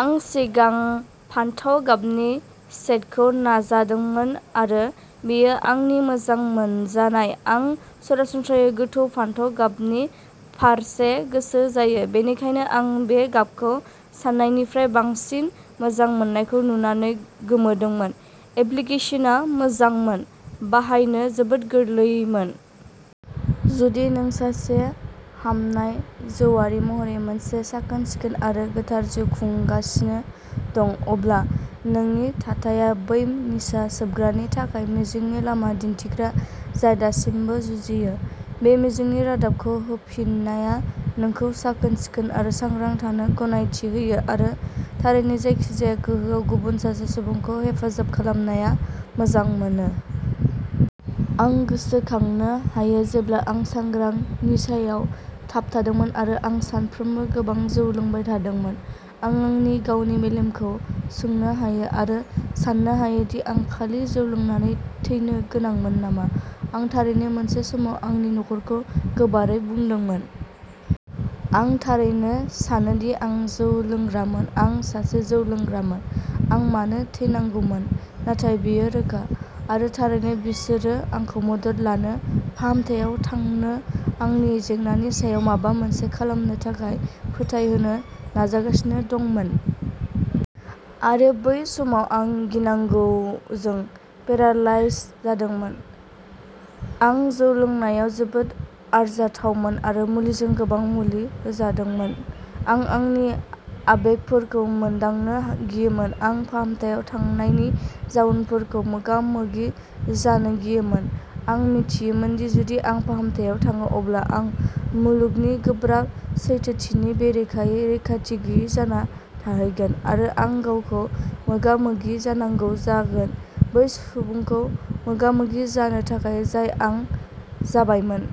आं सिगां फान्थाव गाबनि शेडखौ नाजादोंमोन आरो बेयो आंनि मोजां मोनजानाय। आं सरासनस्रायै गोथौ फान्थाव गाबनि फारसे गोसो जायो, बेनिखायनो आं बे गाबखौ सान्नायनिफ्राय बांसिन मोजां मोननायखौ नुनानै गोमोदोंमोन। एप्लिकेशनआ मोजांमोन, बाहायनो जोबोद गोरलैमोन। जुदि नों सासे हामनाय जौआरि महरै मोनसे साखोन-सिखोन आरो गोथार जिउ खुंगासिनो दं, अब्ला नोंनि थाथाया बै निसा सोबग्रानि थाखाय मिजिंनि लामा दिन्थिग्रा जाय दासिमबो जुजियो। बे मिजिंनि रादाबखौ होफिन्नाया नोंखौ साखोन-सिखोन आरो सांग्रां थानो गनायथि होयो, आरो थारैनो जायखिजाया गोहोआव गुबुन सासे सुबुंखौ हेफाजाब खालामनाया मोजां मोनो। आं गोसोखांनो हायो जेब्ला आं सांग्रां निसायाव थाबथादोंमोन आरो आं सानफ्रोमबो गोबां जौ लोंबाय थादोंमोन। आं आंनि गावनि मेलेमखौ सोंनो हायो, आरो साननो हायो दि आं खालि जौ लोंनानै थैनो गोनांमोन नामा। आं थारैनो मोनसे समाव आंनि नखरखौ गोबारै बुंदोंमोन। "आं थारैनो सानोदि आं जौ लोंग्रामोन। आं सासे जौ लोंग्रामोन। आं मानो थैनांगौमोन, नाथाय बेयो रोखा। " आरो थारैनो बिसोरो आंखौ मदद लानो, फाहामथायाव थांनो, आंनि जेंनानि सायाव माबा मोनसे खालामनो थाखाय फोथायहोनो नाजागासिनो दंमोन। आरो बै समाव आं गिनांगौजों पेरालाइज जादोंमोन। आं जौ लोंनायाव जोबोद आरजाथावमोन आरो मुलिजों गोबां मुलि होजादोंमोन। आं आंनि आबेगफोरखौ मोनदांनो गियोमोन, आं फाहामथायाव थांनायनि जाउनफोरखौ मोगा-मोगि जानो गियोमोन। आं मिथियोमोनदि जुदि आं फाहामथायाव थाङो अब्ला आं मुलुगनि गोब्राब सैथोथिनि बेरेखायै रैखाथि गैयै जाना थाहैगोन, आरो आं गावखौ मोगा-मोगि जानांगौ जागोन; बै सुबुंखौ मोगा-मोगि जानो थाखाय जाय आं जाबायमोन।